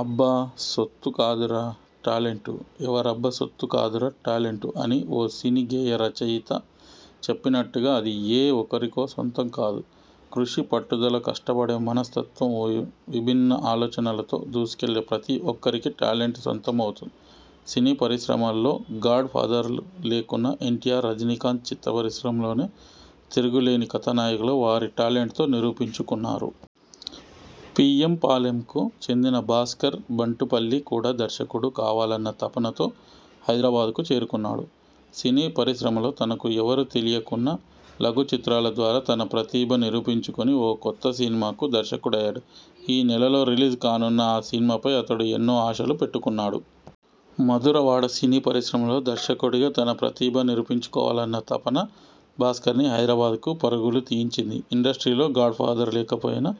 అబ్బ సొత్తు కాదురా టాలెంటు.. ఎవరబ్బ సొత్తు కాదురా టాలెంటూ అని ఓ సినీ గేయ రచయత చెప్పినట్టుగా అది ఏ ఒకరికో సొంతం కాదు. కృషి, పట్టుదల, కష్టపడే మనస్తత్వం, విభిన్న ఆలోచనలతో దూసుకెళ్లే ప్రతి ఒక్కరికీ టాలెంట్ సొంతమవుతుంది. సినీ పరిశ్రమల్లో గాడ్ ఫాదర్లు లేకున్నా ఎన్టీఆర్, రజినీకాంత్ చిత్ర పరిశ్రమలోనే తిరుగులేని కథానాయకులుగా వారి టాలెంట్తో నిరూపించుకున్నారు. పీఎం పాలెంకు చెందిన భాస్కర్ బంటుపల్లి కూడా దర్శకుడు కావాలన్న తపనతో హైదరాబాద్కు చేరుకున్నాడు. సినీ పరిశ్రమలో తనకు ఎవరూ తెలియకున్నా లఘు చిత్రాల ద్వారా తన ప్రతిభ నిరూపించుకుని ఓ కొత్త సినిమాకు దర్శకుడయ్యాడు. ఈ నెలలో రిలీజ్ కానున్న ఆ సినిమాపై అతడు ఎన్నో ఆశలు పెట్టుకున్నాడు. మధురవాడ సినీ పరిశ్రమలో దర్శకుడిగా తన ప్రతిభ నిరూపించుకోవాలన్న తపన భాస్కర్ని హైదరాబాద్కు పరుగులు తీయించింది. ఇండస్ట్రీలో గాడ్ఫాదర్ లేకపోయినా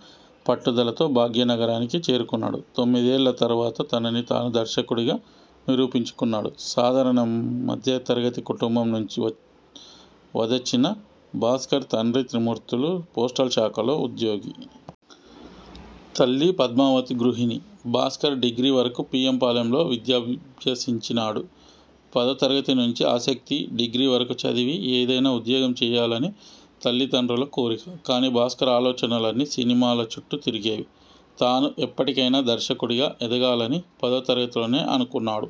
పట్టుదలతో భాగ్యనగరానికి చేరుకున్నాడు. తొమ్మిదేళ్ల తరువాత తనని తాను దర్శకుడిగా నిరూపించుకున్నాడు. సాధారణ మధ్యతరగతి కుటుంబం నుంచి వదచ్చిన భాస్కర్ తండ్రి త్రిమూర్తులు పోస్టల్ శాఖలో ఉద్యోగి. తల్లి పద్మావతి గృహిణి. భాస్కర్ డిగ్రీ వరకు పీఎం పాలెంలో విద్యనభ్యసించాడు. పదో తరగతి నుంచే ఆసక్తి.. డిగ్రీ వరకూ చదివి ఏదైనా ఉద్యోగం చేయాలని తల్లితండ్రుల కోరిక. కానీ భాస్కర్ ఆలోచనలన్నీ సినిమాల చుట్టూ తిరిగేవి. తాను ఎప్పటికైనా దర్శకుడిగా ఎదగాలని పదో తరగతిలోనే అనుకున్నాడు.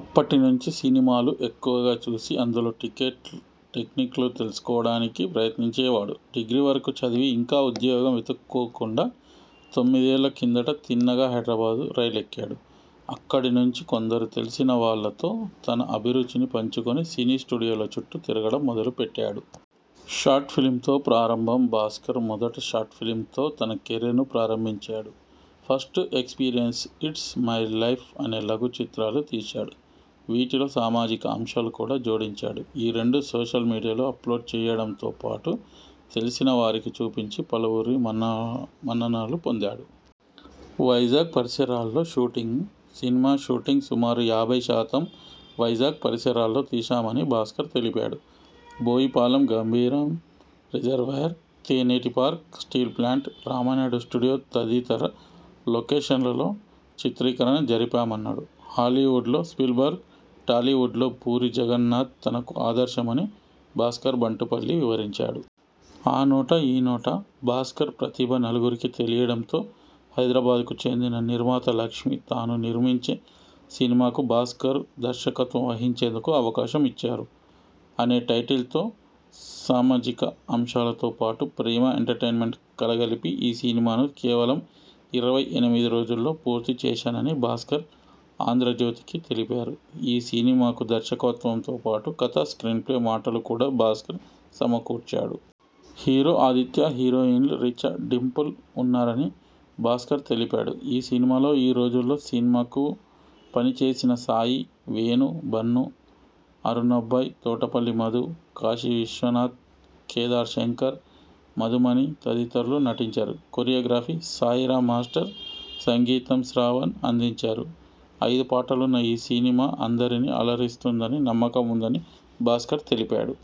అప్పటి నుంచి సినిమాలు ఎక్కువుగా చూసి అందులో టికెట్ టెక్నిక్లు తెలుసుకోడానికి ప్రయత్నించేవాడు. డిగ్రీవరకు చదివి ఇంకా ఉద్యోగం వెతుక్కోకుండా తొమ్మిదేళ్ల కిందట తిన్నగా హైదరాబాద్ రైలెక్కేడు. అక్కడి నుంచి కొందరు తెలిసిన వాళ్లతో తన అభిరుచిని పంచుకొని సినీ స్టూడియోల చుట్టూ తిరగడం మొదలు పెట్టాడు. షార్ట్ ఫిల్మింతో ప్రారంభం భాస్కర్ మొదట షార్ట్ ఫిల్మింతో తన కెరీర్ను ప్రారంభించాడు. First experience, it's my life అనే లఘు చిత్రాలు తీశాడు. వీటిలో సామాజిక అంశాలు కూడా జోడించాడు. ఈ రెండూ సోషల్ మీడియాలో అప్లోడ్ చేయడంతో పాటు తెలిసిన వారికి చూపించి పలువురి మన మన్ననలు పొందాడు. వైజాగ్ పరిసరాల్లో షూటింగ్.. సినిమా షూటింగ్ సుమారు యాభై శాతం వైజాగ్ పరిసరాల్లో తీశామని భాస్కర్ తెలిపాడు Boyipalem Gambheeram reservoir, Tenneti park, steel plant, Ramanaidu studio తదితర లొకేషన్లలో చిత్రీకరణ జరిపామన్నాడు. హాలీవుడ్లో స్పీల్ బర్గ్, టాలీవుడ్లో పూరీ జగన్నాథ్ తనకు ఆదర్శమని భాస్కర్ బంటుపల్లి వివరించాడు. ఆనోటా.. ఈనోటా భాస్కర్ ప్రతిభ నలుగురికీ తెలియడంతో హైదరాబాద్కు చెందిన నిర్మాత లక్ష్మి.. తాను నిర్మించే సినిమాకు భాస్కర్ దర్శకత్వం వహించేందుకు అవకాశం ఇచ్చారు. అనే టైటిల్తో సామాజిక అంశాలతో పాటు ప్రేమ, ఎంటర్టైన్మెంట్ కలగలిపి ఈ సినిమాను కేవలం ఇరవై ఎనిమిది రోజుల్లో పూర్తి చేశానని భాస్కర్ 'ఆంధ్రజ్యోతి'కి తెలిపారు ఈ సినిమాకు దర్శకత్వంతో పాటు కథ, స్ర్కీన్ప్లే, మాటలు కూడా భాస్కర్ సమకూర్చాడు. హీరో ఆదిత్య, హీరోయిన్లు రిచా, డింపుల్ ఉన్నారని భాస్కర్ తెలిపాడు. ఈ సినిమాలో ఈ రోజుల్లో సినిమాకు పనిచేసిన సాయి, వేణు, బన్ను, అరుణ్బాబు, తోటపల్లి మధు, కాశీవిశ్వనాథ్, కేదార్ శంకర్, మధుమణి తదితరులు నటించారు. కొరియాగ్రఫీ సాయిరామ్ మాస్టర్, సంగీతం శ్రావణ్ అందించారు. ఐదు పాటలున్న ఈ సినిమా అందరినీ అలరిస్తుందని నమ్మకం ఉందని భాస్కర్ తెలిపాడు.